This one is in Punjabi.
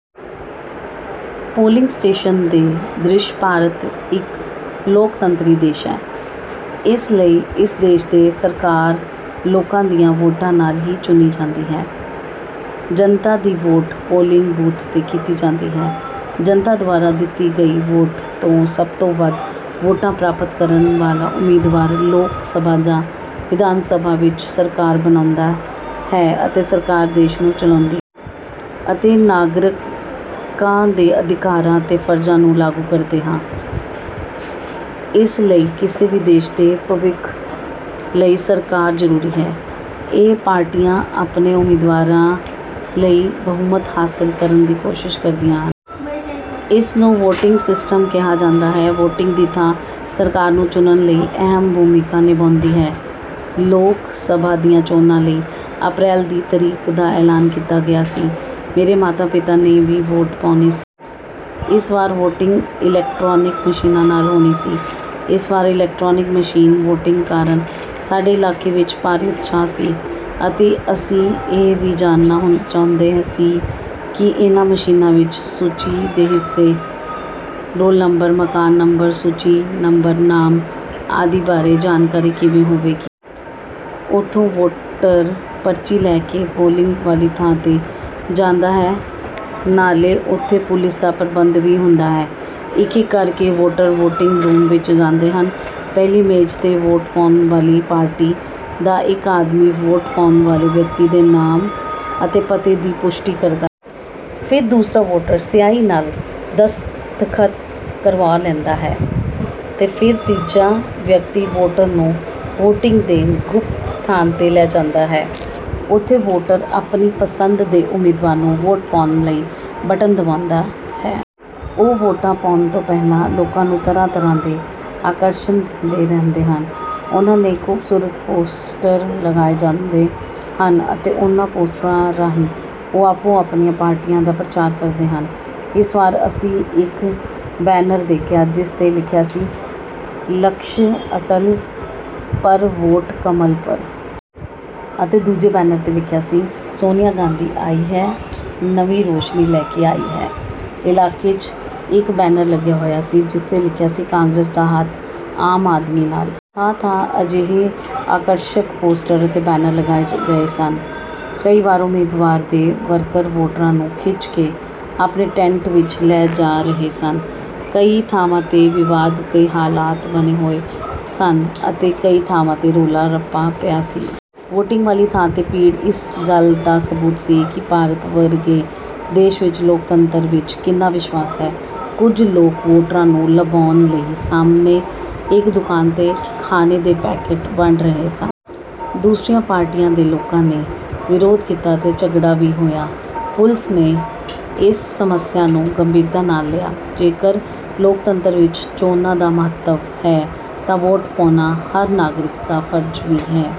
ਪੋਲਿੰਗ ਸਟੇਸ਼ਨ ਦੇ ਦ੍ਰਿਸ਼ ਭਾਰਤ ਇੱਕ ਲੋਕਤੰਤਰੀ ਦੇਸ਼ ਹੈ। ਇਸ ਲਈ ਇਸ ਦੇਸ਼ ਦੀ ਸਰਕਾਰ ਲੋਕਾਂ ਦੀਆਂ ਵੋਟਾਂ ਨਾਲ ਹੀ ਚੁਣੀ ਜਾਂਦੀ ਹੈ। ਜਨਤਾ ਦੀ ਵੋਟ ਪੋਲਿੰਗ ਬੂਥ 'ਤੇ ਕੀਤੀ ਜਾਂਦੀ ਹੈ। ਜਨਤਾ ਦੁਆਰਾ ਦਿੱਤੀ ਗਈ ਵੋਟ ਤੋਂ ਸਭ ਤੋਂ ਵੱਧ ਵੋਟਾਂ ਪ੍ਰਾਪਤ ਕਰਨ ਵਾਲਾ ਉਮੀਦਵਾਰ ਲੋਕ ਸਭਾ ਜਾਂ ਵਿਧਾਨ ਸਭਾ ਵਿੱਚ ਸਰਕਾਰ ਬਣਾਉਂਦਾ ਹੈ ਅਤੇ ਸਰਕਾਰ ਦੇਸ਼ ਨੂੰ ਚਲਾਉਂਦੀ ਹੈ। ਅਤੇ ਨਾਗਰਿਕਾਂ ਦੇ ਅਧਿਕਾਰਾਂ ਅਤੇ ਫਰਜ਼ਾਂ ਨੂੰ ਲਾਗੂ ਕਰਦਾ ਹੈ। ਇਸ ਲਈ ਕਿਸੇ ਵੀ ਦੇਸ਼ ਦੇ ਭਵਿੱਖ ਲਈ ਸਰਕਾਰ ਜ਼ਰੂਰੀ ਹੈ। ਇਹ ਪਾਰਟੀਆਂ ਆਪਣੇ ਉਮੀਦਵਾਰ ਲਈ ਬਹੁਮਤ ਹਾਸਲ ਕਰਨ ਦੀ ਕੋਸ਼ਿਸ਼ ਕਰਦੀਆਂ ਹਨ। ਇਸ ਨੂੰ 'ਵੋਟਿੰਗ ਸਿਸਟਮ' ਕਿਹਾ ਜਾਂਦਾ ਹੈ। ਵੋਟਿੰਗ ਦੀ ਥਾਂ ਸਰਕਾਰ ਨੂੰ ਚੁਣਨ ਵਿੱਚ ਅਹਿਮ ਭੂਮਿਕਾ ਨਿਭਾਉਂਦੀ ਹੈ। ਲੋਕ ਸਭਾ ਦੀਆਂ ਚੋਣਾਂ ਲਈ ਅਪ੍ਰੈਲ ਦੀ ਤਰੀਕ ਦਾ ਐਲਾਨ ਕੀਤਾ ਗਿਆ ਸੀ। ਮੇਰੇ ਮਾਤਾ-ਪਿਤਾ ਨੇ ਵੀ ਵੋਟ ਪਾਉਣੀ ਸੀ। ਇਸ ਵਾਰ ਵੋਟਿੰਗ 'ਇਲੈਕਟ੍ਰਾਨਿਕ ਮਸ਼ੀਨਾਂ' ਨਾਲ ਹੋਣੀ ਸੀ। ਇਸ ਵਾਰ ਇਲੈਕਟਰਾਨਿਕ ਮਸ਼ੀਨ ਵੋਟਿੰਗ ਕਾਰਨ ਸਾਡੇ ਇਲਾਕੇ ਵਿੱਚ ਭਾਰੀ ਉਤਸ਼ਾਹ ਸੀ। ਅਤੇ ਅਸੀਂ ਇਹ ਵੀ ਜਾਣਨਾ ਚਾਹੁੰਦੇ ਸੀ ਕਿ ਇਹਨਾਂ ਮਸ਼ੀਨਾਂ ਵਿੱਚ ਸੂਚੀ ਦੇ ਹਿੱਸੇ, ਰੋਲ ਨੰਬਰ, ਮਕਾਨ ਨੰਬਰ, ਸੂਚੀ ਨੰਬਰ, ਨਾਮ ਆਦਿ ਬਾਰੇ ਜਾਣਕਾਰੀ ਕਿਵੇਂ ਹੋਵੇਗੀ। ਉਥੋਂ ਵੋਟਰ ਪਰਚੀ ਲੈ ਕੇ ਪੋਲਿੰਗ ਵਾਲੀ ਥਾਂ 'ਤੇ ਜਾਂਦਾ ਹੈ, ਨਾਲੇ ਉੱਥੇ ਪੁਲਿਸ ਦਾ ਪ੍ਰਬੰਧ ਵੀ ਹੁੰਦਾ ਹੈ ਇਕ-ਇਕ ਕਰਕੇ ਵੋਟਰ ਵੋਟਿੰਗ ਰੂਮ ਵਿਚ ਜਾਂਦੇ ਹਨ। ਪਹਿਲੀ ਮੇਜ਼ 'ਤੇ, ਵੋਟ ਪਾਉਣ ਵਾਲੀ ਪਾਰਟੀ ਦਾ ਇਕ ਆਦਮੀ ਵੋਟ ਪਾਉਣ ਵਾਲੇ ਵਿਅਕਤੀ ਦੇ ਨਾਮ ਅਤੇ ਪਤੇ ਦੀ ਪੁਸ਼ਟੀ ਕਰਦਾ ਹੈ। ਫਿਰ ਦੂਸਰਾ ਵੋਟਰ ਸਿਆਹੀ ਨਾਲ ਦਸਤਖਤ ਕਰਵਾ ਲੈਂਦਾ ਹੈ ਅਤੇ ਫਿਰ ਤੀਜਾ ਵਿਅਕਤੀ ਵੋਟਰ ਨੂੰ ਵੋਟਿੰਗ ਦੇ ਗੁਪਤ ਸਥਾਨ 'ਤੇ ਲੈ ਜਾਂਦਾ ਹੈ। ਉੱਥੇ ਵੋਟਰ ਆਪਣੀ ਪਸੰਦ ਦੇ ਉਮੀਦਵਾਰ ਨੂੰ ਵੋਟ ਪਾਉਣ ਲਈ ਬਟਨ ਦਬਾਉਂਦੇ ਹਨ। ਉਹ ਵੋਟਾਂ ਪਾਉਣ ਤੋਂ ਪਹਿਲਾਂ ਲੋਕਾਂ ਨੂੰ ਤਰ੍ਹਾਂ-ਤਰ੍ਹਾਂ ਦੇ ਆਕਰਸ਼ਨ ਦਿੰਦੇ ਰਹਿੰਦੇ ਹਨ। ਉਨ੍ਹਾਂ ਨੇ ਖੂਬਸੂਰਤ ਪੋਸਟਰ ਲਗਾਏ ਜਾਂਦੇ ਹਨ ਅਤੇ ਇਨ੍ਹਾਂ ਪੋਸਟਰਾਂ ਰਾਹੀਂ ਉਹ ਆਪੋ-ਆਪਣੀਆਂ ਪਾਰਟੀਆਂ ਦਾ ਪ੍ਰਚਾਰ ਕਰਦੇ ਹਨ। ਇਸ ਵਾਰ ਅਸੀਂ ਇਕ ਬੈਨਰ ਦੇਖਿਆ ਜਿਸ 'ਤੇ ਲਿਖਿਆ ਸੀ- 'ਲਕਸ਼ਯ ਅਟਲ ਪਰ ਵੋਟ ਕਮਲ ਪਰ'। ਅਤੇ ਦੂਜੇ ਬੈਨਰ 'ਤੇ ਲਿਖਿਆ ਸੀ, 'ਸੋਨੀਆ ਗਾਂਧੀ ਆਈ ਹੈ, ਨਵੀਂ ਰੋਸ਼ਨੀ ਲੈ ਕੇ ਆਈ ਹੈ। ' ਇਲਾਕੇ 'ਚ ਇਕ ਬੈਨਰ ਲੱਗਾ ਹੋਇਆ ਸੀ, ਜਿਸ 'ਤੇ ਲਿਖਿਆ ਸੀ- ਕਾਂਗਰਸ ਦਾ ਹੱਥ, ਆਮ ਆਦਮੀ ਨਾਲ। ਥਾਂ-ਥਾਂ ਅਜਿਹੇ ਆਕਰਸ਼ਕ ਪੋਸਟਰ ਅਤੇ ਬੈਨਰ ਲਗਾਏ ਗਏ ਸਨ। ਕਈ ਵਾਰ ਉਮੀਦਵਾਰ ਦੇ ਵਰਕਰ ਵੋਟਰਾਂ ਨੂੰ ਖਿੱਚ ਕੇ ਆਪਣੇ ਟੇੰਟ ਵਿੱਚ ਲੈ ਜਾ ਰਹੇ ਸਨ। ਕਈ ਥਾਵਾਂ 'ਤੇ ਵਿਵਾਦ ਦੇ ਹਾਲਾਤ ਬਣੇ ਹੋਏ ਸਨ ਅਤੇ ਕਈ ਥਾਵਾਂ 'ਤੇ ਰੌਲਾ-ਰੱਪਾ ਪਿਆ ਸੀ। ਵੋਟਿੰਗ ਵਾਲੀ ਥਾਂ 'ਤੇ ਭੀੜ ਇਸ ਗੱਲ ਦਾ ਸਬੂਤ ਸੀ ਕਿ ਭਾਰਤ ਵਰਗੇ ਦੇਸ਼ ਵਿਚ ਲੋਕਤੰਤਰ ਵਿਚ ਕਿੰਨਾ ਵਿਸ਼ਵਾਸ ਹੈ। ਕੁਝ ਲੋਕ ਵੋਟਰਾਂ ਨੂੰ ਲੁਭਾਉਣ ਲਈ ਸਾਹਮਣੇ ਇਕ ਦੁਕਾਨ 'ਤੇ ਖਾਣੇ ਦੇ ਪੈਕੇਟ ਵੰਡ ਰਹੇ ਸਨ। ਦੂਸਰੀਆਂ ਪਾਰਟੀਆਂ ਦੇ ਲੋਕਾਂ ਨੇ ਵਿਰੋਧ ਕੀਤਾ ਅਤੇ ਝਗੜਾ ਵੀ ਹੋਇਆ। ਪੁਲਿਸ ਨੇ ਇਸ ਸਮੱਸਿਆ ਨੂੰ ਗੰਭੀਰਤਾ ਨਾਲ ਲਿਆ। ਜੇਕਰ ਲੋਕਤੰਤਰ ਵਿੱਚ ਚੋਣਾਂ ਦਾ ਮਹੱਤਵ ਹੈ ਤਾਂ ਵੋਟ ਪਾਉਣਾ ਹਰ ਨਾਗਰਿਕ ਦਾ ਫਰਜ਼ ਵੀ ਹੈ।